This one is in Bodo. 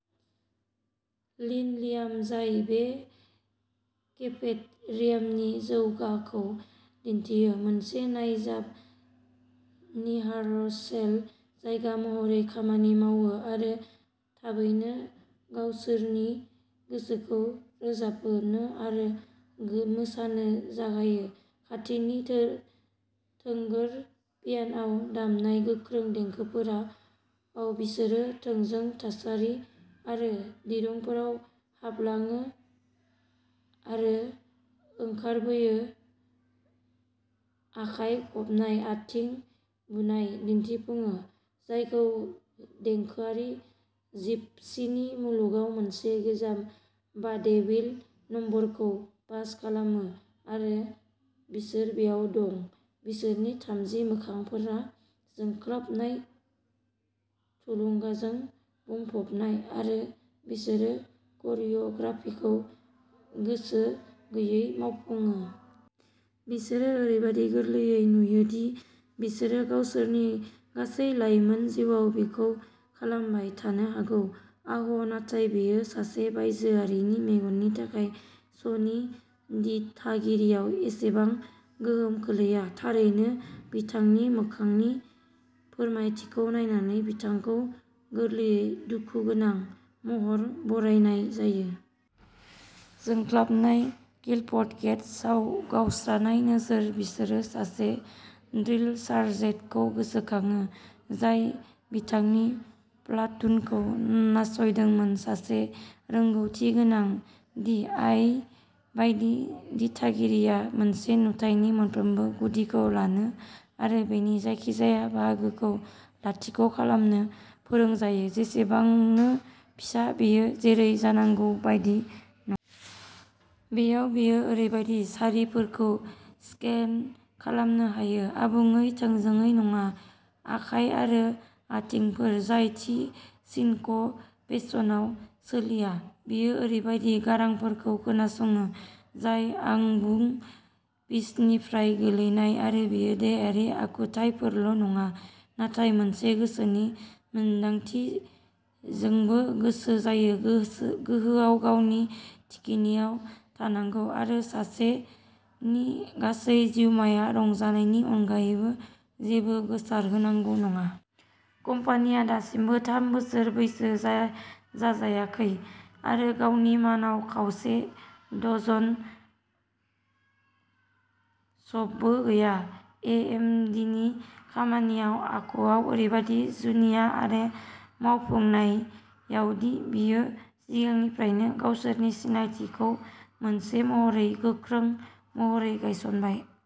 लिन'लियाम जाय बे केफेट'रियामनि जौसांखौ दिन्थियो मोनसे नायजाब रिहार्सेल जायगा महरै खामानि मावो आरो थाबैनो गावसोरनि गोसोखौ रोजाबनो आरो गो मोसानो जागायो। खाथिनि थो थोंगोर पियान'आव दामनाय गोख्रों देंखोफोराव, बिसोरो थोंजों सारि आरो दिरुंफोराव हाबलाङो आरो ओंखारबोयो, आखाइ खबनाय, आथिं बुनाय, दिन्थिफुङो जायखौ, देंखोआरि जिपसीनि मुलुगाव मोनसे गोजाम वाडेविल नम्बरखौ पास खालामो आरो बिसोर बेयाव दं बिसोरनि थामजि मोखांफोरा जोंख्लाबनाय, थुलुंगाजों बुंफबनाय आरो बिसोरो करिय'ग्राफिखौ गोसो गैयैजों मावफुंयो। बिसोरो ओरैबादि गोरलैयै नुयो दि बिसोरो गावसोरनि गासै लाइमोन जिउआव बेखौ खालामबाय थानो हागौ। आह, नाथाय बेयो सासे बायजोआरिनि मेगननि थाखाय। श'नि दिथागिरियाव एसेबां गोहोम खोख्लैया। थारैनो, बिथांनि मोखांनि फोरमायथिखौ नायनानै, बिथांखौ गोरलैयै दुखुगोनां महर बरायनाय जायो। जोंख्लाबनाय, क्लिप्ड गेट, गावस्रानाय नोजोर, बिसोर सासे ड्रिल सार्जेन्टखौ गोसोखांङो, जाय बिथांनि प्लातुनखौ नायसंदोंमोन। सासे रोंग'थिगोनां डी आई बायदि, दिथागिरिया मोनसे नुथायनि मोनफ्रोमबो गुदिखौ लानो आरो बेनि जायखिजाया बाहागोखौ लाथिख' खालामनो फोरोंजायो, जेसेबांनो फिसा बेयो जेरै जानांगौ बादि नङा। बेयाव बियो ओरैबायदि सारिफोरखौ स्केन खालामनो हायो आबुङै थोंजोङै नङा, आखाइ आरो आथिंफोर जाय थि सिनक'पेसनआव सोलिया; बियो ओरैबायदि गारांफोरखौ खोनासङो जाय आबुं पिचनिफ्राय गोग्लैबाय आरो बियो देहायारि आखुथायफोरल' नङा, नाथाय मोनसे गोसोनि मोनदांथिजोंबो गोसो जायो गोसो गोहोआव गावनि थिखिनियाव थानांगौ आरो सासेनि गासै जिउमाया रंजानायनि अनगायैबो जेबो गोसारहोनांगौ नङा। कम्पानिआ दासिमबो थाम बोसोर बैसो जा जाजायाखै आरो गावनि मानआव खावसे-डजन श'बो गैया, एएमटीनि खामानिया आखुआव ओरैबादि जुनिया आरो मावफुंनायाव दि बेयो सिगांनिफ्रायनो गावसोरनि सिनायथिखौ मोनसे महरै गोख्रों महरै गायसनबाय।